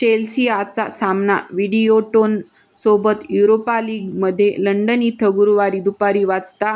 चेल्सिआचा सामना विडीयोटोनसोबत Europa लिगमध्ये London इथं गुरुवारी दुपारी वाजता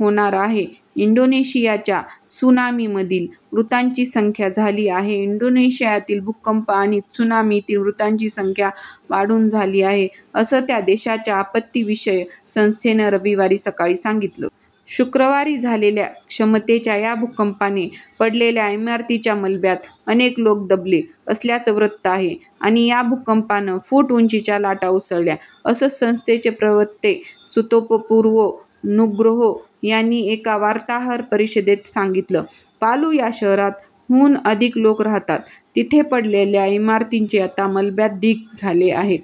होणार आहे. इंडोनेशियाच्या त्सुनामीमधील मृतांची संख्या झाली आहे इंडोनेशिया भूकंप आणि त्सुनामीतील मृतांची संख्या वाढून झाली आहे, असं त्या देशाच्या आपत्तीविषय संस्थेनं रविवारी सकाळी सांगितलं. शुक्रवारी झालेल्या क्षमतेच्या या भूकंपाने पडलेल्या इमारतींच्या मलब्यात अनेक लोक दबले असल्याचं वृत्त आहे आणि या भूकंपानं फूट उंचीच्या लाटा उसळल्या, असं संस्थेचे प्रवक्ते सुतोपो पुर्वो नुग्रोहो यांनी एका वार्ताहर परिषदेत सांगितलं. पालु या शहरात, हून अधिक लोक राहतात, तिथे पडलेल्या इमारतींचे आता मलब्याचे ढीग झाले आहेत.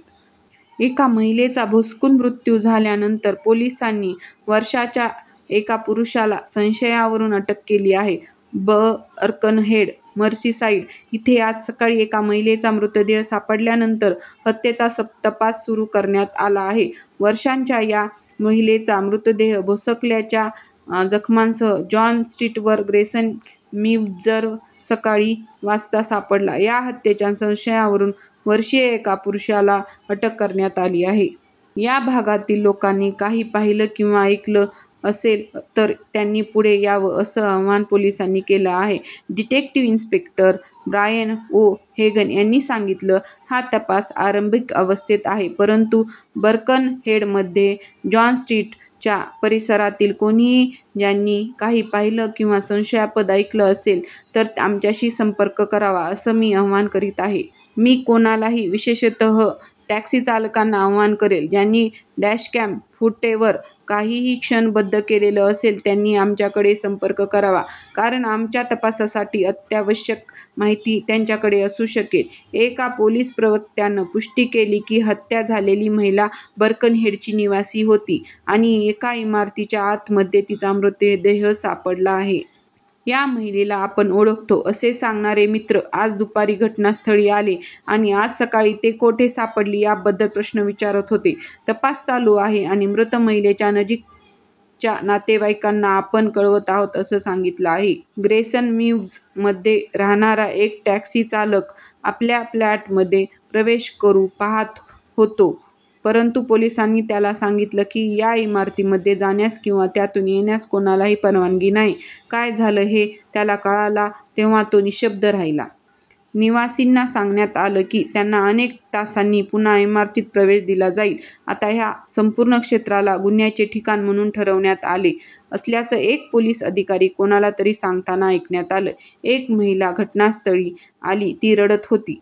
एका महिलेचा भोसकून मृत्यु झाल्यानंतर पोलिसांनी वर्षांच्या एका पुरूषाला संशयावरुन अटक केली आहे बर्कनहेड, मर्सीसाईड इथे आज सकाळी एका महिलेचा मृतदेह सापडल्यानंतर हत्येचा तपास सुरु करण्यात आला आहे. वर्षांच्या या महिलेचा मृतहेद भोसकल्याच्या जखमांसह जॉन स्ट्रीटवर ग्रेसन मीव्जवर सकाळी वाजता सापडला, या हत्येच्या संशयावरुन वर्षीय एका पुरूषाला अटक करण्यात आली आहे. या भागातील लोकांनी काही पाहिलं किंवा ऐकलं असेल तर त्यांनी पुढे यावं असं आवाहन पोलिसांनी केलं आहे. Detective inspector Brian O'Hagan यांनी सांगितलं: 'हा तपास आरंभिक अवस्थेत आहे परंतु बर्कनहेडमध्ये जॉन स्ट्रीटच्या परिसरातील कोणीही ज्यांनी काही पाहिलं किंवा संशयास्पद ऐकलं असेल तर आमच्याशी संपर्क करावा असं मी आवाहन करीत आहे. मी कोणालाही, विशेषतः टॅक्सी चालकांना आवाहन करेन, ज्यांनी डॅशकॅम फूटेवर काहीही क्षणबद्ध केलेलं असेल त्यांनी आमच्याकडे संपर्क करावा कारण आमच्या तपासासाठी अत्यावश्यक माहिती त्यांच्याकडे असू शकेल. ' एका पोलिस प्रवक्त्यानं पुष्टि केली की हत्या झालेली महिला बर्कनहेडची निवासी होती आणि एका इमारतीच्या आतमध्ये तिचा मृतदेह सापडला होता. या महिलेला आपण ओळखतो असे सांगणारे मित्र आज दुपारी घटना स्थळी आले आणि आज सकाळी ती कोठे सापडली त्याबद्दल प्रश्न विचारत होते. तपास चालू आहे आणि मृत महिलेच्या नजिकच्या नातेवाईकांना आपण कळवत आहोत असं सांगितलं आहे. ग्रेसन मीव्जमध्ये राहणारा एक टॅक्सी चालक आपल्या फ्लॅटमध्ये प्रवेश करु पाहात होतो परंतु पोलिसांनी त्याला सांगितलं की या इमारतीमध्ये जाण्यास किंवा त्यातून येण्यास कोणालाही परवानगी नाही. काय झालं हे त्याला कळाला तेव्हा तो निःशब्द झाला. निवासींना सांगण्यात आलं की त्यांना अनेक तासांनी पुन्हा इमारतीत प्रवेश दिला जाईल. आता या संपूर्ण क्षेत्राला गुन्ह्याचे ठिकाण म्हणून ठरविण्यात आले असल्याचं एक पोलिस अधिकारी कोणाला तरी सांगताना ऐकण्यात आलं. एक महिला घटनास्थळी आली, ती रडत होती.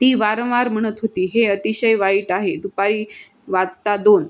ती वारंवार म्हणत होती 'हे अतिशय वाईट आहे'. दुपारी वाजता दोन